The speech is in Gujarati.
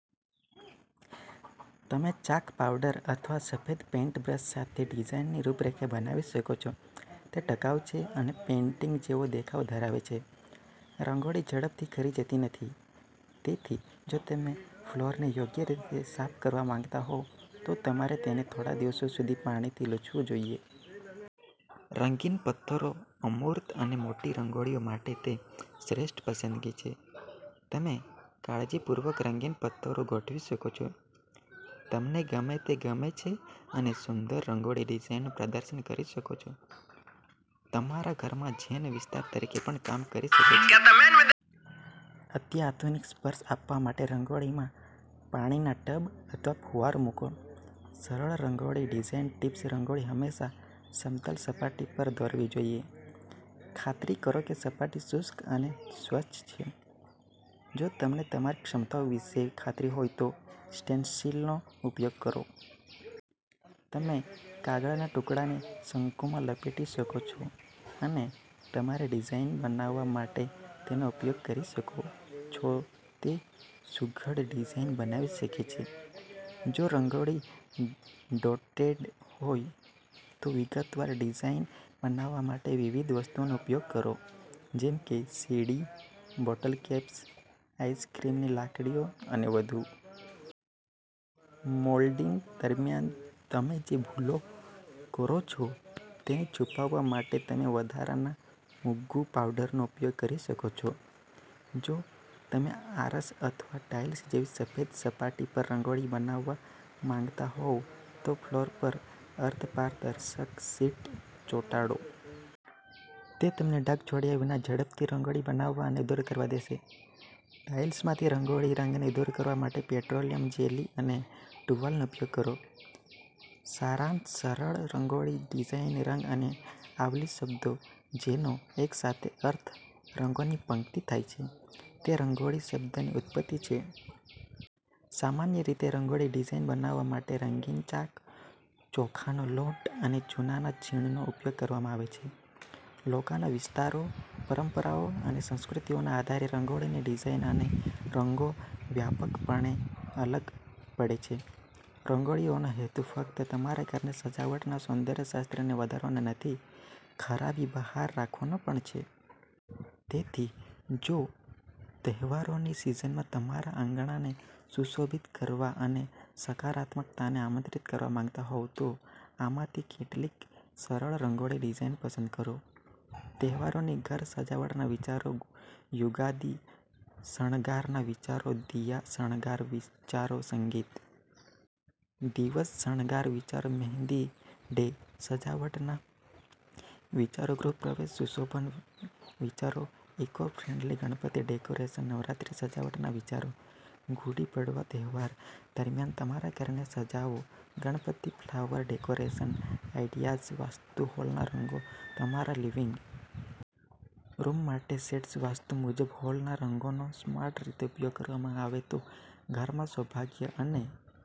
તમે ચાક પાવડર અથવા સફેદ પેઇન્ટબ્રશ સાથે ડિઝાઇનની રૂપરેખા બનાવી શકો છો. તે ટકાઉ છે અને પેઇન્ટિંગ જેવો દેખાવ ધરાવે છે. રંગોળી ઝડપથી ખરી જતી નથી, તેથી જો તમે ફ્લોરને યોગ્ય રીતે સાફ કરવા માંગતા હો, તો તમારે તેને થોડા દિવસો સુધી પાણીથી લૂછવું જોઈએ. રંગીન પત્થરોઅમૂર્ત અને મોટી રંગોળીઓ માટે તે શ્રેષ્ઠ પસંદગી છે. તમે કાળજીપૂર્વક રંગીન પત્થરો ગોઠવી શકો છો, તમને ગમે તે ગમે છે અને સુંદર રંગોળી ડિઝાઇનનું પ્રદર્શન કરી શકો છો. તમારા ઘરમાં ઝેન વિસ્તાર તરીકે પણ કામ કરી શકે છે. અત્યાધુનિક સ્પર્શ આપવા માટે રંગોળીમાં પાણીના ટબ અથવા ફુવારો મૂકો. સરળ રંગોળી ડિઝાઇન ટિપ્સ રંગોળી હંમેશા સમતલ સપાટી પર દોરવી જોઈએ. ખાતરી કરો કે સપાટી શુષ્ક અને સ્વચ્છ છે. જો તમને તમારી ક્ષમતાઓ વિશે ખાતરીહોય તો સ્ટેન્સિલનો ઉપયોગ કરો. તમે કાગળના ટુકડાને શંકુમાં લપેટી શકો છો અને તમારી ડિઝાઇન બનાવવા માટે તેનો ઉપયોગ કરી શકો છોતે સુઘડ ડિઝાઇન બનાવી શકે છે. જો રંગોળી ડોટેડહોય તો વિગતવાર ડિઝાઇન બનાવવા માટે વિવિધ વસ્તુઓનો ઉપયોગ કરો, જેમ કે સીડી, બોટલ કેપ્સ, આઈસ્ક્રીમની લાકડીઓ અને વધુ. મોલ્ડિંગ દરમિયાન તમે જે ભૂલો કરો છો તેને છુપાવવા માટે તમે વધારાના મુગ્ગુ પાવડરનો ઉપયોગ કરી શકો છો. જો તમે આરસ અથવા ટાઇલ્સ જેવી સફેદ સપાટી પર રંગોળી બનાવવા માંગતા હોવ તો ફ્લોર પર અર્ધપારદર્શક શીટ ચોંટાડો. તે તમને ડાઘ છોડ્યા વિના ઝડપથી રંગોળી બનાવવા અને દૂર કરવા દેશે. ટાઇલ્સમાંથી રંગોળી રંગને દૂર કરવા માટે પેટ્રોલિયમ જેલી અને ટુવાલનો ઉપયોગ કરો. સારાંશસરળ રંગોળી ડિઝાઇન 'રંગ' અને 'આવલી' શબ્દો, જેનો એકસાથે અર્થ 'રંગોની પંક્તિ' થાય છે, તે રંગોળી શબ્દની ઉત્પત્તિ છે. સામાન્ય રીતે રંગોળી ડિઝાઇન બનાવવા માટે રંગીન ચાક, ચોખાનો લોટ અને ચૂનાના છીણનો ઉપયોગ કરવામાં આવે છે. લોકોના વિસ્તારો, પરંપરાઓ અને સંસ્કૃતિઓના આધારે રંગોળીની ડિઝાઇન અને રંગો વ્યાપકપણે અલગ પડે છે. રંગોળીઓનો હેતુ ફક્ત તમારા ઘરની સજાવટના સૌંદર્ય શાસ્ત્રને વધારવાનો નથી, ખરાબી બહાર રાખવાનો પણ છે. તેથી, જો તમેતહેવારોની સિઝનમાં તમારા આંગણાને સુશોભિત કરવા અને સકારાત્મકતાને આમંત્રિત કરવા માંગતા હોવ તો આમાંથી કેટલીક સરળ રંગોળી ડિઝાઇન પસંદ કરો. તહેવારોની ઘર સજાવટના વિચારો યુગાદી શણગારના વિચારો દિયા શણગાર વિચારો સંગીત દિવસ શણગાર વિચારો મહેંદી ડે સજાવટના વિચારો ગૃહ પ્રવેશ સુશોભન વિચારો eco friendly Ganpati decoration Navratri સજાવટના વિચારો ગુડી પડવા તહેવાર દરમિયાન તમારા ઘરને સજાવો Ganpati flower decoration ideas vastu હોલના રંગોતમારા લિવિંગ રૂમ માટે શેડ્સ વાસ્તુ મુજબ હોલના રંગોનો સ્માર્ટ રીતે ઉપયોગ કરવામાં આવે તો ઘરમાં સૌભાગ્ય અને